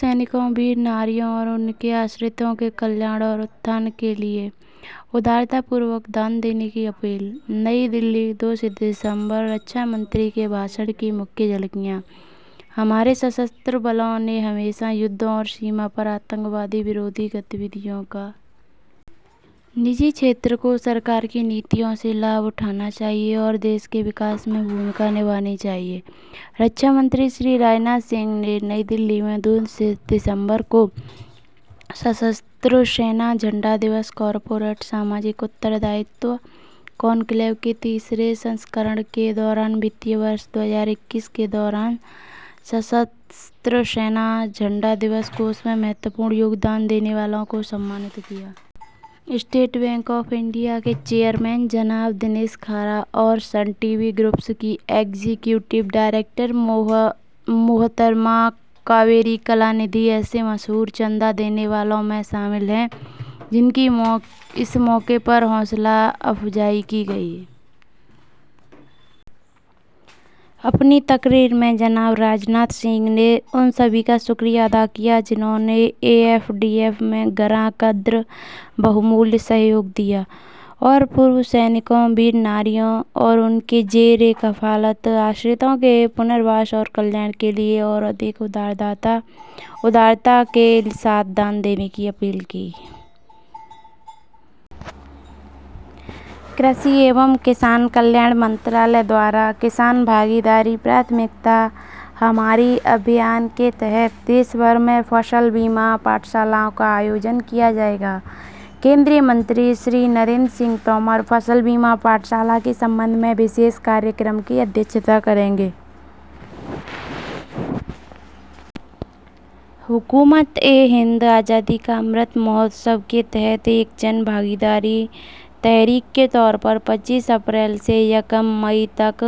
سابق فوجیوں، ویر ناریوں اور ان کے زیرِ کفالت افراد کی فلاح و بہبود کے لیے فیاضی کے ساتھ عطیات دینے کی اپیل۔ نئی دہلی، دو دسمبر: وزیرِ دفاع کی تقریر کی اہم جھلکیاں: ہماری مسلح افواج نے ہمیشہ جنگوں کے دوران اور سرحد پار دہشت گردانہ سرگرمیوں کی روک تھام کرکے بھارت کی سالمیت اور اقتدارِ اعلیٰ کی حفاظت کی ہے۔ نجی شعبے کو حکومت کی پالیسیوں سے فائدہ اٹھانا چاہیے اور ملک کی ترقی میں کردار ادا کرنا چاہیے۔ وزیرِ دفاع جناب راج ناتھ سنگھ نے نئی دہلی میں دو دسمبر کو مسلح افواج یومِ پرچم کارپوریٹ سماجی ذمہ داری کانکلیو کے تیسرے ایڈیشن کے دوران مالی سال دو ہزار بیس-اکیس کے دوران مسلح افواج یومِ پرچم فنڈ میں نمایاں تعاون دینے والوں کی عزت افزائی کی۔ اسٹیٹ بینک آف انڈیا کے چیئرمین جناب دنیش کھارا اور سن ٹی وی گروپ کی ایگزیکٹیو ڈائریکٹر محترمہ کاویری کلاندھی ایسے معروف چندہ دہندگان میں شامل ہیں جن کی اس موقع پر عزت افزائی کی گئی۔ اپنی تقریر میں جناب راج ناتھ سنگھ نے ان سبھی کا شکریہ ادا کیا جنہوں نے A F F D F میں گراں قدر تعاون دیا اور سابق فوجیوں، ویر ناریوں اور ان کے زیرِ کفالت افراد کی بازآبادکاری و فلاح و بہبود کے لیے مزید فیاضی کے ساتھ عطیات دینے کی اپیل کی۔ زراعت اور کاشتکاروں کی فلاح و بہبود کی وزارت ''کسان بھاگیداری- پراتھمکتا ہماری'' مہم کے تحت ملک بھر میں فصل بیمہ پاٹھ شالاؤں کا انعقاد کیا جائے گا۔ مرکزی وزیر جناب نریندر سنگھ تومر فصل بیمہ پاٹھ شالہ کے بارے میں خصوصی پروگرام کی صدارت کریں گے۔ حکومتِ ہند آزادی کا امرت مہوتسو کے تحت ایک جن بھاگیداری تحریک کے طور پر پچیس اپریل سے یکم مئی تک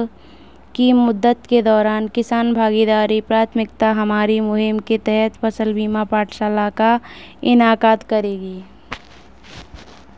کی مدت کے دوران ''کسان بھاگیداری- پراتھمکتا ہماری'' مہم کے تحت فصل بیمہ پاٹھ شالہ کا انعقاد کرے گی۔